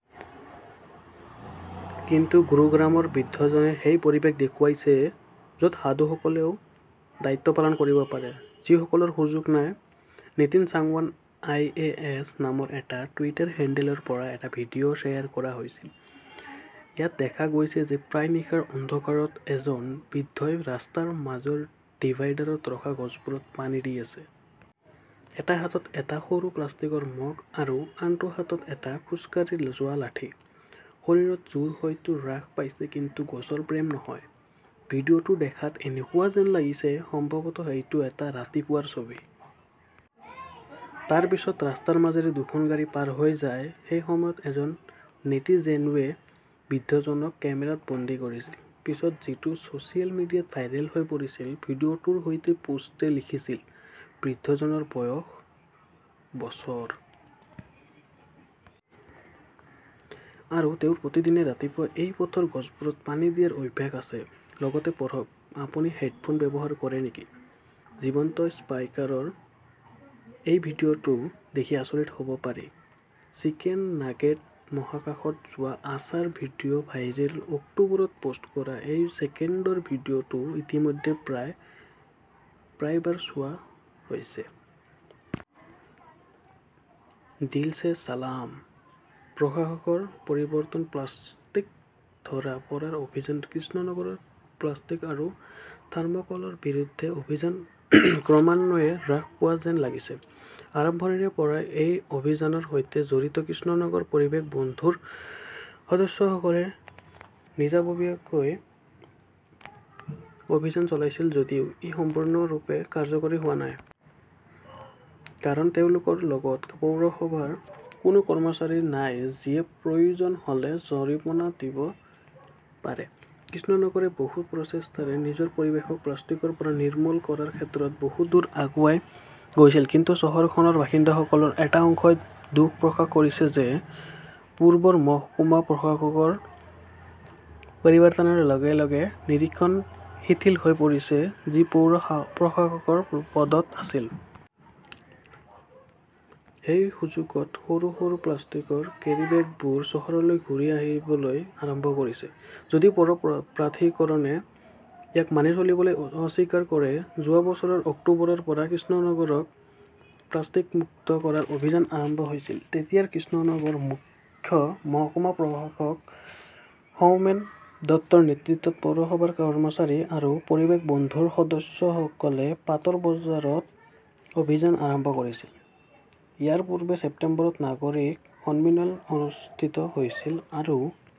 কিন্তু গুৰুগ্ৰামৰ বৃদ্ধজনে সেই পৰিৱেশ দেখুৱাইছে য 'ত সাধুসকলেও দায়িত্ব পালন কৰিব পাৰে, যিসকলৰ সুযোগ নাই। নিতিন চাংৱান আইএএছ নামৰ এটা টুইটাৰ হেণ্ডেলৰ পৰা এটা ভিডিঅ "শ্বেয়াৰ কৰা হৈছিল। ইয়াত দেখা গৈছে যে প্ৰায় নিশাৰ অন্ধকাৰত এজন বৃদ্ধই ৰাস্তাৰ মাজৰ ডিভাইডাৰত ৰখা গছবোৰত পানী দি আছে। এটা হাতত এটা সৰু প্লাষ্টিকৰ মগ আৰু আনটো হাতত এটা খোজকাঢ়ি যোৱা লাঠি। শৰীৰত জোৰ হয়তো হ্ৰাস পাইছে কিন্তু গছৰ প্ৰেম নহয়! ভিডিঅ "টো দেখাত এনেকুৱা যেন লাগিছে, সম্ভৱতঃ এইটো এটা ৰাতিপুৱাৰ ছবি। তাৰ পিছত ৰাস্তাৰ মাজেৰে দুখন গাড়ী পাৰ হৈ যায়। সেই সময়ত এজন নেটিজেনয়ে বৃদ্ধজনক কেমেৰাত বন্দী কৰিছিল। পিছত যিটো ছ "চিয়েল মিডিয়াত ভাইৰেল হৈ পৰিছিল। ভিডিঅ "টোৰ সৈতে পোষ্টে লিখিছিল, 'বৃদ্ধজনৰ বয়স বছৰ। আৰু তেওঁৰ প্ৰতিদিনে ৰাতিপুৱা এই পথৰ গছবোৰত পানী দিয়াৰ অভ্যাস আছে। "লগতে পঢ়কঃ আপুনি হেডফোন ব্যৱহাৰ কৰে নেকি? জীৱন্ত স্পাইকাৰৰ এই ভিডিঅ "টো দেখি আচৰিত হ 'ব পাৰিঃ' চিকেন নাগেট" মহাকাশত, যোৱা আছাৰ ভিডিঅ 'ভাইৰেল অক্টোবৰত পোষ্ট কৰা এই ছেকেণ্ডৰ ভিডিঅ' টো ইতিমধ্যে প্ৰায় বাৰ চোৱা হৈছে। দিল ছে ছালাম.. /। প্ৰশাসকৰ পৰিৱৰ্তন, প্লাষ্টিক ধৰা পৰাৰ অভিযান কৃষ্ণনগৰত প্লাষ্টিক আৰু থাৰ্ম "কলৰ বিৰুদ্ধে অভিযান ক্ৰমান্বয়ে হ্ৰাস পোৱা যেন লাগিছে। আৰম্ভণিৰে পৰাই এই অভিযানৰ সৈতে জড়িত 'কৃষ্ণনগৰ পৰিৱেশ বন্ধু "ৰ সদস্যসকলে নিজাববীয়াকৈ অভিযান চলাইছিল যদিও ই সম্পূৰ্ণৰূপে কাৰ্যকৰী হোৱা নাই। কাৰণ তেওঁলোকৰ লগত পৌৰসভাৰ কোনো কৰ্মচাৰী নাই যিয়ে প্ৰয়োজন হ "লে জৰিমনা দিব পাৰে। কৃষ্ণনগৰে বহু প্ৰচেষ্টাৰে নিজৰ পৰিৱেশক প্লাষ্টিকৰ পৰা নিৰ্মূল কৰাৰ ক্ষেত্ৰত বহু দূৰ আগুৱাই গৈছিল। কিন্তু চহৰখনৰ বাসিন্দাসকলৰ এটা অংশই দুখ প্ৰকাশ কৰিছে যে পূৰ্বৰ মহকুমা প্ৰশাসকৰ পৰিৱৰ্তনৰ লগে লগে নিৰীক্ষণ শিথিল হৈ পৰিছে, যি পৌৰ প্ৰশাসকৰ পদত আছিল। সেই সুযোগত, সৰু সৰু প্লাষ্টিকৰ কেৰিব্যাগবোৰ চহৰলৈ ঘূৰি আহিবলৈ আৰম্ভ কৰিছে। যদিও পৌৰ প্ৰাধিকৰণে ইয়াক মানি চলিবলৈ অস্বীকাৰ কৰে। যোৱা বছৰৰ অক্টোবৰৰ পৰা কৃষ্ণনগৰক প্লাষ্টিক মুক্ত কৰাৰ অভিযান আৰম্ভ হৈছিল। তেতিয়াৰ কৃষ্ণনগৰ মুখ্য মহকুমা প্ৰশাসক সৌমেন দত্তৰ নেতৃত্বত পৌৰসভাৰ কৰ্মচাৰী আৰু 'পৰিৱেশ বন্ধু "ৰ সদস্যসকলে পাতৰ বজাৰত অভিযান আৰম্ভ কৰিছিল। ইয়াৰ পূৰ্বে ছেপ্টেম্বৰত নাগৰিক সন্মিলন অনুষ্ঠিত হৈছিল আৰু